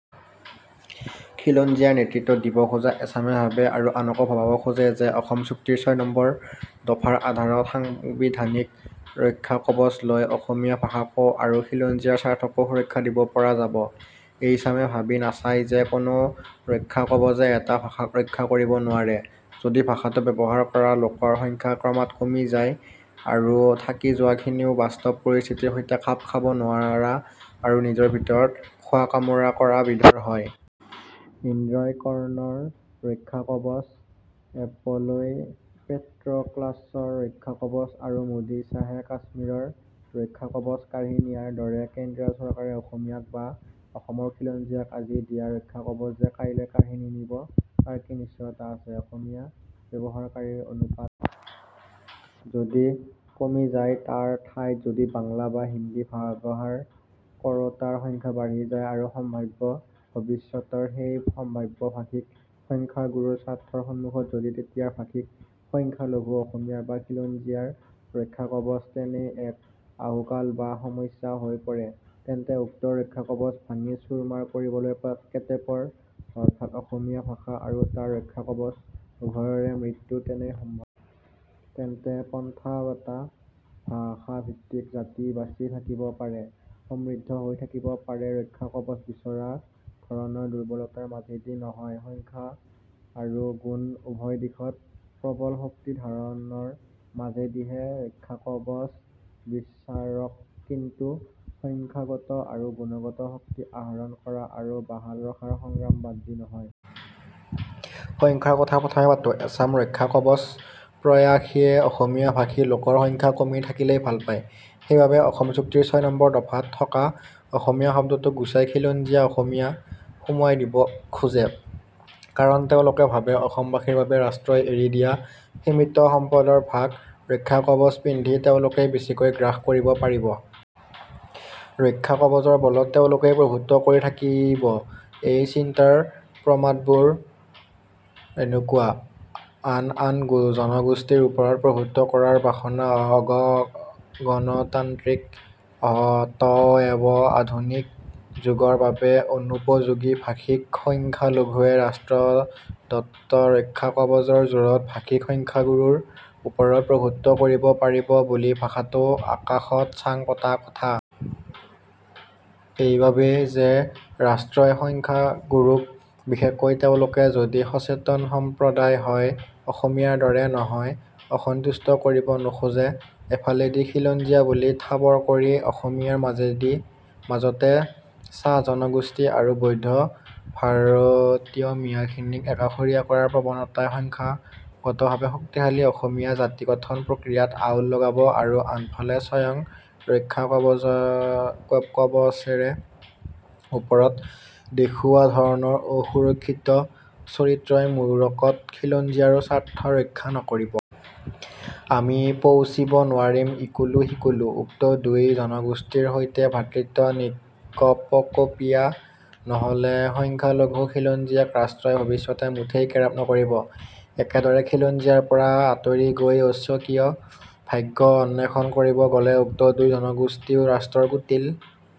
খিলঞ্জীয়াৰ নেতৃত্ব দিব খোজা এচামে ভাবে আৰু আনকো ভবাব খোজে যে অসম চুক্তিৰ ছয় নম্বৰ দফাৰ আধাৰত সাংবিধানিক ৰক্ষাকৱচ লৈ অসমীয়া ভাষাকো আৰু খিলঞ্জীয়াৰ স্বাৰ্থকো সুৰক্ষা দিব পৰা যাব। এইচামে ভাবি নাচায় যে কোনো ৰক্ষাকৱচে এটা ভাষাক ৰক্ষা কৰিব নোৱাৰে যদি ভাষাটো ব্যৱহাৰ কৰা লোকৰ সংখ্যা ক্ৰমাৎ কমি যায় আৰু থাকি যোৱাখিনিও বাস্তৱ পৰিস্থিতিৰ সৈতে খাপ খাব নোৱৰা আৰু নিজৰ ভিতৰত খোৱাকামোৰা কৰা বিধৰ হয়। ইন্দ্ৰই কৰ্ণৰ ৰক্ষাকৱচ, এপলই পেট্ৰক্লাছৰ ৰক্ষাকৱচ আৰু মোদী-শ্বাহে কাশ্মীৰৰ ৰক্ষাকৱচ কাঢ়ি নিয়াৰ দৰে কেন্দ্ৰীয় চৰকাৰে অসমীয়াক বা অসমৰ খিলঞ্জীয়াক আজি দিয়া ৰক্ষাকৱচ যে কাইলৈ কাঢ়ি নিনিব তাৰ কি নিশ্চয়তা আছে? অসমীয়া ব্যৱহাৰকাৰীৰ অনুপাত যদি কমি যায়, তাৰ ঠাইত যদি বাংলা বা হিন্দী ব্যৱহাৰ কৰোতাৰ সংখ্যা বাঢ়ি যায় আৰু সম্ভাব্য ভৱিষ্যতৰ সেই সম্ভাব্য ভাষিক সংখ্যাগুৰুৰ স্বাৰ্থৰ সমুখত যদি তেতিয়াৰ ভাষিক সংখ্যালঘু অসমীয়াৰ বা খিলঞ্জীয়াৰ ৰক্ষাকৱচ তেনেই এক আহুকাল বা সমস্যা হৈ পৰে, তেন্তে উক্ত ৰক্ষাকৱচ ভাঙি চূৰমাৰ কৰিবলৈ কেতেপৰ অৰ্থাৎ অসমীয়া ভাষা আৰু তাৰ ৰক্ষাকৱচ উভয়ৰে মৃত্যু তেনেই সম্ভৱ। তেন্তে পন্থা এটা ভাষাভিত্তিক জাতি বাছি থাকিব পাৰে, সমৃদ্ধ হৈ থাকিব পাৰে ৰক্ষাকৱচ বিচৰা ধৰণৰ দুৰ্বলতাৰ মাজেদি নহয়, সংখ্যা আৰু গুণ উভয় দিশত প্ৰবল শক্তি ধাৰণৰ মাজেদিহে। ৰক্ষাকৱচ বিচাৰক কিন্তু সংখ্যাগত আৰু গুণগত শক্তি আহৰণ কৰা আৰু বাহাল ৰখাৰ সংগ্ৰাম বাদ দি নহয়। সংখ্যাৰ কথা প্ৰথমে পাতোঁ। এচাম ৰক্ষাকৱচপ্ৰয়াসীয়ে অসমীয়াভাষী লোকৰ সংখ্যা কমি থাকিলেই ভাল পায়। সেইবাবে অসম চুক্তিৰ ছয় নম্বৰ দফাত থকা অসমীয়া শব্দটো গুচাই খিলঞ্জীয়া অসমীয়া সুমুৱাই দিব খোজে। কাৰণ তেওঁলোকে ভাবে অসমবাসীৰ বাবে ৰাষ্ট্ৰই এৰি দিয়া সীমিত সম্পদৰ ভাগ ৰক্ষাকৱচ পিন্ধি তেওঁলোকেই বেছিকৈ গ্ৰাস কৰিব পাৰিব। ৰক্ষাকৱচৰ বলত তেঁওলোকেই প্ৰভুত্ব কৰি থাকিব। এই চিন্তাৰ প্ৰমাদবোৰ এনেকুৱা: আন আন জনগোষ্ঠীৰ ওপৰত প্ৰভুত্ব কৰাৰ বাসনা অ'গ গণতান্ত্ৰিক, অতএৱ আধুনিক যুগৰ বাবে অনুপযোগী। ভাষিক সংখ্যালঘুৱে ৰাষ্ট্ৰদত্ত ৰক্ষাকৱচৰ জোৰত ভাষিক সংখ্যাগুৰুৰ ওপৰত প্ৰভুত্ব কৰিব পাৰিব বুলি ভবাটো আকাশত চাং পতা কথা। এইবাবেই যে ৰাষ্ট্ৰই সংখ্যাগুৰুক বিশেষকৈ তেওঁলোক যদি সচেতন সম্প্ৰদায় হয়, অসমীয়াৰ দৰে নহয়, অসন্তুষ্ট কৰিব নোখোজে। এফালেদি অখিলঞ্জীয়া বুলি ঠাৱৰ কৰি অসমীয়াৰ মাজেদি মাজতে চাহ জনগোষ্ঠী আৰু বৈধ ভাৰতীয় মিঞাখিনিক একাষৰীয়া কৰাৰ প্ৰৱণতাই সংখ্যাগতভাৱে শক্তিশালী অসমীয়া জাতিগঠন প্ৰক্ৰিয়াত আউল লগাব আৰু আনফালে স্বয়ং ৰক্ষাকৱচৰে ওপৰত দেখুওৱা ধৰণৰ অসুৰক্ষিত চৰিত্ৰই মূৰকত খিলঞ্জীয়াৰো স্বাৰ্থ ৰক্ষা নকৰিব। আমি পৌছিব নোৱাৰিম ইকুলো সিকুলো। উক্ত দুই জনগোষ্ঠীৰ সৈতে ভ্ৰাতৃত্ব নিকপকপীয়া নহলে সংখ্যালঘু খিলঞ্জীয়াক ৰাষ্ট্ৰই ভৱিষ্যতে মুঠেই কেৰেপ নকৰিব। একেদৰে খিলঞ্জীয়াৰপৰা আতৰি গৈ স্বকীয় ভাগ্য অন্বেষণ কৰিব গলে উক্ত দুই জনগোষ্ঠীও ৰাষ্ট্ৰৰ কূটিল